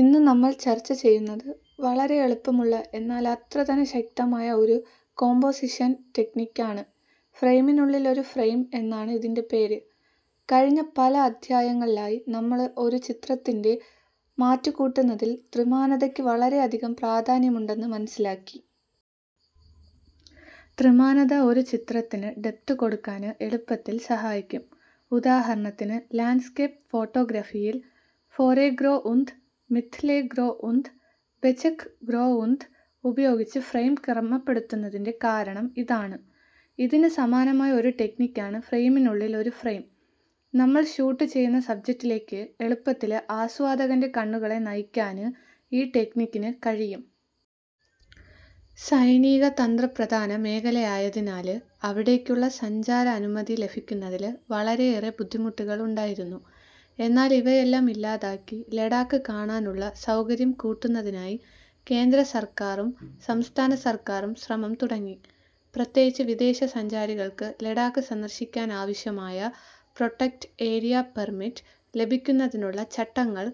ഇന്ന് നമ്മള് ചര്ച്ച ചെയ്യുന്നത് വളരെ എളുപ്പമുള്ള എന്നാല് അത്ര തന്നെ ശക്തമായ ഒരു കോമ്പോസിഷന് ടെക്നിക് ആണ്. ഫ്രെയിമിനുള്ളില് ഒരു ഫ്രെയിം എന്നാണ് ഇതിന്റെ പേര്. കഴിഞ്ഞ പല അദ്ധ്യായങ്ങളിലായി നമ്മള് ഒരു ചിത്രത്തിന്റെ മാറ്റുകൂട്ടുന്നതില് ത്രിമാനത യ്ക്ക് വളരെ അധികം പ്രാധാന്യമുണ്ടെന്ന് മനസ്സിലാക്കി. ത്രിമാനത ഒരു ചിത്രത്തിന് ഡെപ്ത് കൊടുക്കാന് എളുപ്പത്തില് സഹായിക്കും. ഉദാഹരണത്തിന് ലാന്ഡ്സ്കേപ്പ് ഫോട്ടോഗ്രാഫിയില് ഫൊരെഗ്രൊഉന്ദ്, മിദ്ദ്ലെ ഗ്രൊഉന്ദ്, ബച്ക്ഗ്രൊഉന്ദ് ഉപയോഗിച്ചു ഫ്രെയിം ക്രമപ്പെടുത്തുന്നതിന്റെ കാരണം ഇതാണ്. ഇതിനു സമാനമായ ഒരു ടെക്നിക് ആണ് ഫ്രെയിമിനുള്ളില് ഒരു ഫ്രെയിം. നമ്മള് ഷൂട്ട് ചെയ്യുന്ന സബ്ജക്ടിലേക്ക് എളുപ്പത്തില് ആസ്വാദകന്റെ കണ്ണുകളെ നയിക്കാന് ഈ ടെക്നിക്കിന് കഴിയും. സൈനിക തന്ത്രപ്രധാന മേഖലയായതിനാല് അവിടേക്കുളള സഞ്ചാര അനുമതി ലഭിക്കുന്നതില് വളരെയേറെ ബുദ്ധിമുട്ടുകള് ഉണ്ടായിരുന്നു. എന്നാല് ഇവയെല്ലാം ഇല്ലാതാക്കി ലഡാക്ക് കാണാനുളള സൗകര്യം കൂട്ടുന്നതിനായി കേന്ദ്ര സര്ക്കാറും സംസ്ഥാന സര്ക്കാറും ശ്രമം തുടങ്ങി. പ്രത്യേകിച്ച് വിദേശസഞ്ചാരികള്ക്ക് ലഡാക്ക് സന്ദര്ശിക്കാനാവശ്യമായ പ്രൊട്ടക്ടഡ് ഏരിയ പെര്മിറ്റ് ലഭിക്കുന്നതിനുളള ചട്ടങ്ങള്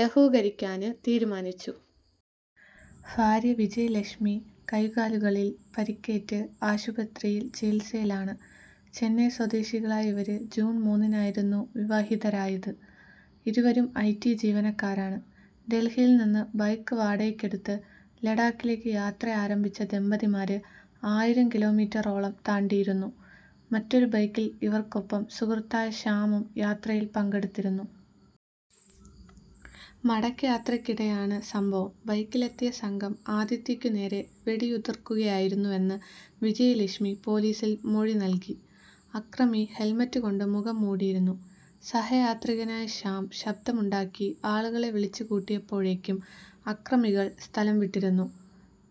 ലഘൂകരിക്കാന് തീരുമാനിച്ചു. ഭാര്യ വിജയലക്ഷ്മി കൈകാലുകളില് പരിക്കേറ്റ് ആശുപത്രിയില് ചികിത്സയിലാണ്. ചെന്നൈ സ്വദേശികളായ ഇവര് ജൂണ് മൂന്നിനായിരുന്നു വിവാഹിതരായത്. ഇരുവരും ഐടി ജീവനക്കാരാണ്. ഡല്ഹിയില് നിന്ന് ബൈക്ക് വാടകയ്ക്ക് എടുത്ത് ലേ, ലഡാക്കിലേക്ക് യാത്ര ആരംഭിച്ച ദമ്പതിമാര് ആയിരംകിലോമീറ്ററോളം താണ്ടിയിരുന്നു. മറ്റൊരു ബൈക്കില് ഇവര്ക്കൊപ്പം സുഹൃത്തായ ശ്യാമും യാത്രയില് പങ്കെടുത്തിരുന്നു. മടക്കയാത്രയ്ക്കിടെയാണ് സംഭവം. ബൈക്കിലെത്തിയ സംഘം ആദിത്യക്കു നേരെ വെടിയുതിര്ക്കുകയായിരുന്നുവെന്ന് വിജയലക്ഷ്മി പോലീസില് മൊഴി നല്കി. അക്രമി ഹെല്മെറ്റ് കൊണ്ട് മുഖം മൂടിയിരുന്നു. സഹയാത്രികനായ ശ്യാം ശബ്ദമുണ്ടാക്കി ആളുകളെ വിളിച്ചുകൂട്ടിയപ്പോഴേക്കും അക്രമികള് സ്ഥലം വിട്ടിരുന്നു.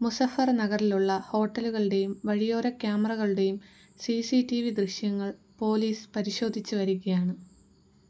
മുസഫര് നഗറിലുള്ള ഹോട്ടലുകളുടെയും വഴിയോര ക്യാമറകളുടെയും സിസിടിവി ദൃശ്യങ്ങള് പോലീസ് പരിശോധിച്ചുവരികയാണ്.